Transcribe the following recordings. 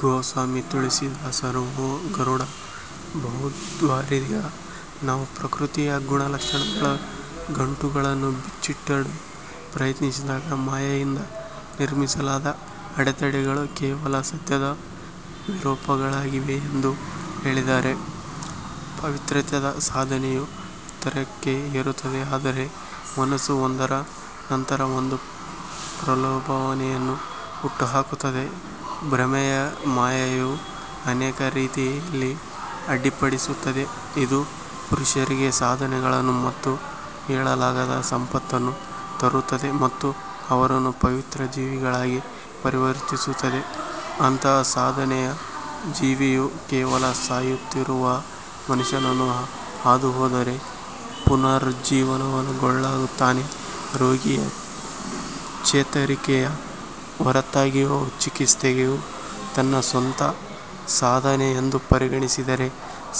ಗೋಸ್ವಾಮಿ ತುಳಸಿದಾಸರು, ಓ ಗರುಡ ಬಹುದ್ವಾರಿ, ನಾವು ಪ್ರಕೃತಿಯ ಗುಣಲಕ್ಷಣಗಳ ಗಂಟುಗಳನ್ನು ಬಿಚ್ಚಿಡಲು ಪ್ರಯತ್ನಿಸಿದಾಗ ಮಾಯೆಯಿಂದ ನಿರ್ಮಿಸಲಾದ ಅಡೆತಡೆಗಳು ಕೇವಲ ಸತ್ಯದ ವಿರೂಪಗಳಾಗಿವೆ ಎಂದು ಹೇಳಿದ್ದಾರೆ. ಪಾವಿತ್ರ್ಯದ ಸಾಧನೆಯು ಎತ್ತರಕ್ಕೆ ಏರುತ್ತದೆ ಆದರೆ ಮನಸ್ಸು ಒಂದರ ನಂತರ ಒಂದು ಪ್ರಲೋಭನೆಯನ್ನು ಹುಟ್ಟುಹಾಕುತ್ತದೆ ಭ್ರಮೆಯ ಮಾಯೆಯು ಅನೇಕ ರೀತಿಯಲ್ಲಿ ಅಡ್ಡಿಪಡಿಸುತ್ತದೆ ಇದು ಪುರುಷರಿಗೆ ಸಾಧನೆಗಳನ್ನು ಮತ್ತು ಹೇಳಲಾಗದ ಸಂಪತ್ತನ್ನು ತರುತ್ತದೆ ಮತ್ತು ಅವರನ್ನು ಪವಿತ್ರ ಜೀವಿಗಳಾಗಿ ಪರಿವರ್ತಿಸುತ್ತದೆ ಅಂತಹ ಸಾಧನೆಯ ಜೀವಿಯು ಕೇವಲ ಸಾಯುತ್ತಿರುವ ಮನುಷ್ಯನನ್ನು ಹಾದುಹೋದರೆ ಪುನರುಜ್ಜೀವನಗೊಳ್ಳುತ್ತಾನೆ ರೋಗಿಯ ಚೇತರಿಕೆಯ ಹೊರತಾಗಿಯೂ, ಚಿಕಿತ್ಸೆಯು ತನ್ನ ಸ್ವಂತ ಸಾಧನೆ ಎಂದು ಪರಿಗಣಿಸಿದರೆ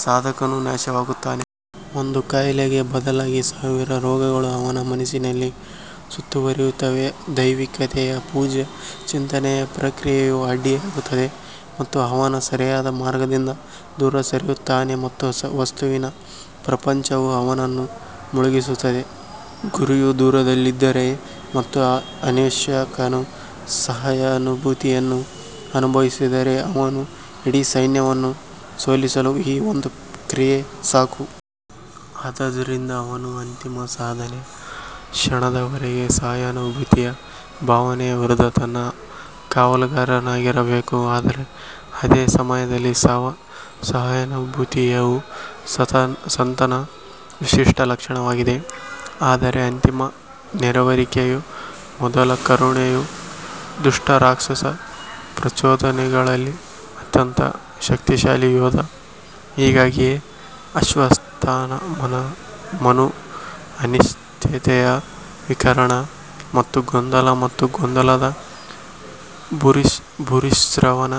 ಸಾಧಕನು ನಾಶವಾಗುತ್ತಾನೆ. ಒಂದು ಕಾಯಿಲೆಗೆ ಬದಲಾಗಿ ಸಾವಿರ ರೋಗಗಳು ಅವನ ಮನಸ್ಸಿನಲ್ಲಿ ಸುತ್ತುವರಿಯುತ್ತವೆ, ದೈವಿಕತೆಯ ಪೂಜ್ಯ ಚಿಂತನೆಯ ಪ್ರಕ್ರಿಯೆಯು ಅಡ್ಡಿಯಾಗುತ್ತದೆ ಮತ್ತು ಅವನು ಸರಿಯಾದ ಮಾರ್ಗದಿಂದ ದೂರ ಸರಿಯುತ್ತಾನೆ ಮತ್ತು ವಸ್ತುವಿನ ಪ್ರಪಂಚವು ಅವನನ್ನು ಮುಳುಗಿಸುತ್ತದೆ. ಗುರಿಯು ದೂರದಲ್ಲಿದ್ದರೆ ಮತ್ತು ಅನ್ವೇಷಕನು ಸಹಾನುಭೂತಿಯನ್ನು ಅನುಭವಿಸಿದರೆ, ಅವನ ಇಡೀ ಸೈನ್ಯವನ್ನು ಸೋಲಿಸಲು ಈ ಒಂದು ಕ್ರಿಯೆ ಸಾಕು. ಆದ್ದರಿಂದ ಅವನು ಅಂತಿಮ ಸಾಧನೆಯ ಕ್ಷಣದವರೆಗೂ ಸಹಾನುಭೂತಿಯ ಭಾವನೆಯ ವಿರುದ್ಧ ತನ್ನ ಕಾವಲುಗಾರನಾಗಿರಬೇಕು ಆದರೆ ಅದೇ ಸಮಯದಲ್ಲಿ ಸಹಾನುಭೂತಿಯು ಸಂತನ ವಿಶಿಷ್ಟ ಲಕ್ಷಣವಾಗಿದೆ. ಆದರೆ ಅಂತಿಮ ನೆರವೇರಿಕೆಯ ಮೊದಲು ಕರುಣೆಯು ದುಷ್ಟ ರಾಕ್ಷಸ ಪ್ರಚೋದನೆಗಳಲ್ಲಿ ಅತ್ಯಂತ ಶಕ್ತಿಶಾಲಿ ಯೋಧ ಹೀಗಾಗಿಯೇ ಅಶ್ವತ್ಥಾಮನು ಅನಿಶ್ಚಿತತೆಯ ವಿಕರ್ಣನ ಮತ್ತು ಗೊಂದಲ ಮತ್ತು ಗೊಂದಲದ ಭೂರಿಶ್ರವನ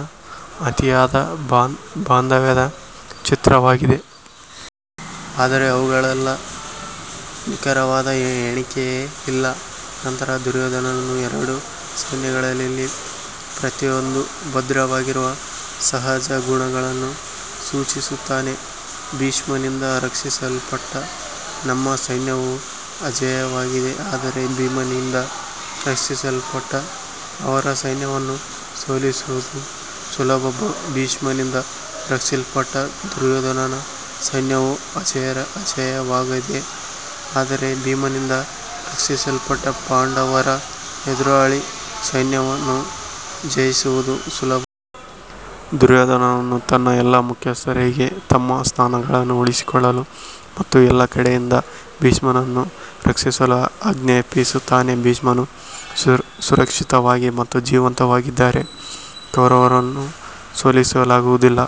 ಅತಿಯಾದ ಬಾಂಧವ್ಯದ ಚಿತ್ರವಾಗಿದೆ. ಆದರೆ ಅವುಗಳ ನಿಖರವಾದ ಎಣಿಕೆ ಇಲ್ಲ ನಂತರ ದುರ್ಯೋಧನನು ಎರಡು ಸೈನ್ಯಗಳಲ್ಲಿ ಪ್ರತಿಯೊಂದೂ ಭದ್ರವಾಗಿರುವ ಸಹಜ ಗುಣಗಳನ್ನು ಸೂಚಿಸುತ್ತಾನೆ ಭೀಷ್ಮನಿಂದ ರಕ್ಷಿಸಲ್ಪಟ್ಟ ನಮ್ಮ ಸೈನ್ಯವು ಅಜೇಯವಾಗಿದೆ ಆದರೆ ಭೀಮನಿಂದ ರಕ್ಷಿಸಲ್ಪಟ್ಟ ಅವರ ಸೈನ್ಯವನ್ನು ಸೋಲಿಸುವುದು ಸುಲಭ ಭೀಷ್ಮನಿಂದ ರಕ್ಷಿಸಲ್ಪಟ್ಟ ದುರ್ಯೋಧನರ ಸೈನ್ಯವು ಅಜೇಯವಾಗಿದೆ ಆದರೆ ಭೀಮನಿಂದ ರಕ್ಷಿಸಲ್ಪಟ್ಟ ಪಾಂಡವರ ಎದುರಾಳಿ ಸೈನ್ಯವನ್ನು ಜಯಿಸುವುದು ಸುಲಭ. ದುರ್ಯೋಧನನು ತನ್ನ ಎಲ್ಲಾ ಮುಖ್ಯಸ್ಥರಿಗೆ ತಮ್ಮ ಸ್ಥಾನಗಳನ್ನು ಉಳಿಸಿಕೊಳ್ಳಲು ಮತ್ತು ಎಲ್ಲಾ ಕಡೆಯಿಂದ ಭೀಷ್ಮನನ್ನು ರಕ್ಷಿಸಲು ಆಜ್ಞಾಪಿಸುತ್ತಾನೆ ಭೀಷ್ಮನು ಸುರಕ್ಷಿತವಾಗಿ ಮತ್ತು ಜೀವಂತವಾಗಿದ್ದರೆ ಕೌರವರನ್ನು ಸೋಲಿಸಲಾಗುವುದಿಲ್ಲ.